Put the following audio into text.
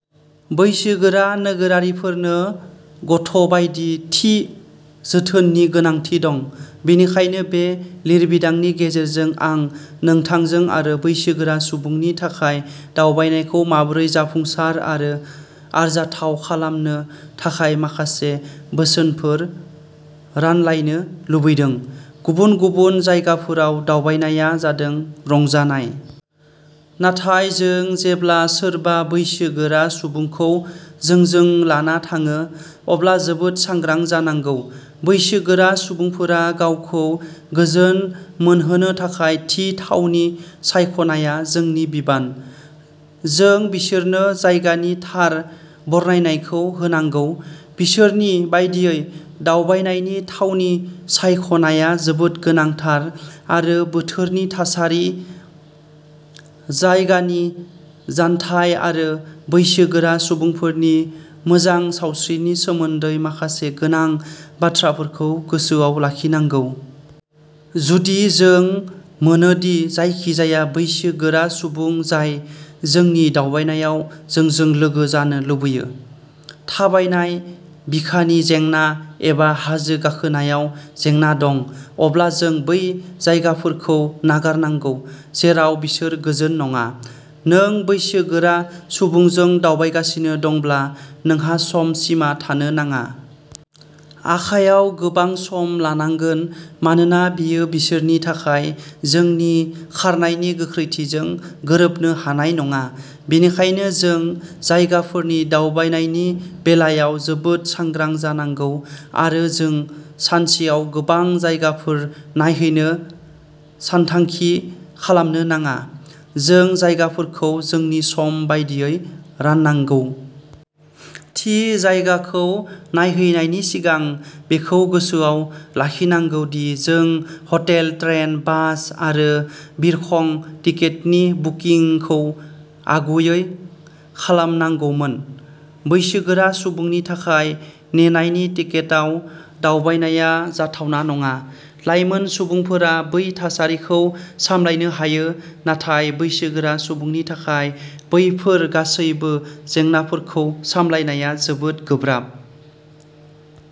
बैसोगोरा नोगोरारिफोरनो गथ'बायदि थि जोथोननि गोनांथि दं। बेनिखायनो बे लिरबिदांनि गेजेरजों आं नोंथांजों आरो बैसोगोरा सुबुंनि थाखाय दावबायनायखौ माबोरै जाफुंसार आरो आरजाथाव खालामनो थाखाय माखासे बोसोनफोर रानलायनो लुबैदों। गुबुन गुबुन जायगाफोराव दावबायनाया जादों रंजानाय। नाथाय जों जेब्ला सोरबा बैसो गोरा सुबुंखौ जोंजों लाना थाङो अब्ला जोबोद सांग्रां जानांगौ। बैसो गोरा सुबुंफोरा गावखौ गोजोन मोनहोनो थाखाय थि थावनि सायख'नाया जोंनि बिबान। जों बिसोरनो जायगानि थार बरनायनायखौ होनांगौ। बिसोरनि बादियै दावबायनायनि थावनि सायख'नाया जोबोद गोनांथार आरो बोथोरनि थासारि, जायगानि जानथाय आरो बैसो गोरा सुबुंफोरनि मोजां सावस्रिनि सोमोन्दै माखासे गोनां बाथ्राफोरखौ गोसोआव लाखिनांगौ। जुदि जों मोनोदि जायखिजाया बैसो गोरा सुबुं जाय जोंनि दावबायनायाव जोंजों लोगो जानो लुबैयो, थाबायनाय, बिखानि जेंना एबा हाजो गाखोनायाव जेंना दं, अब्ला जों बै जायगाफोरखौ नागारनांगौ जेराव बिसोर गोजोन नङा। नों बैसो गोरा सुबुंजों दावबायगासिनो दंब्ला नोंहा सम सिमा थानो नाङा। आखायाव गोबां सम लानांगोन मानोना बेयो बिसोरनि थाखाय जोंनि खारनायनि गोख्रैथिजों गोरोबनो हानाय नङा। बेनिखायनो जों जायगाफोरनि दावबायनायनि बेलायाव जोबोद सांग्रा जानांगौ आरो जों सानसेआव गोबां जायगाफोर नायहैनो सानथांखि खालामनो नाङा। जों जायगाफोरखौ जोंनि सम बायदियै राननांगौ। थि जायगाखौ नायहैनायनि सिगां बेखौ गोसोआव लाखिनांगौ दि जों हटेल, ट्रेन, बास आरो बिरखं टिकेटनि बुकिंखौ आगुयै खालामनांगौमोन। बैसोगोरा सुबुंनि थाखाय नेनायनि टिकेटआव दावबायनाया जाथावना नङा। लाइमोन सुबुंफोरा बै थासारिखौ सामलायनो हायो नाथाय बैसोगोरा सुबुंनि थाखाय बैफोर गासैबो जेंनाफोरखौ सामलायनाया जोबोद गोब्राब।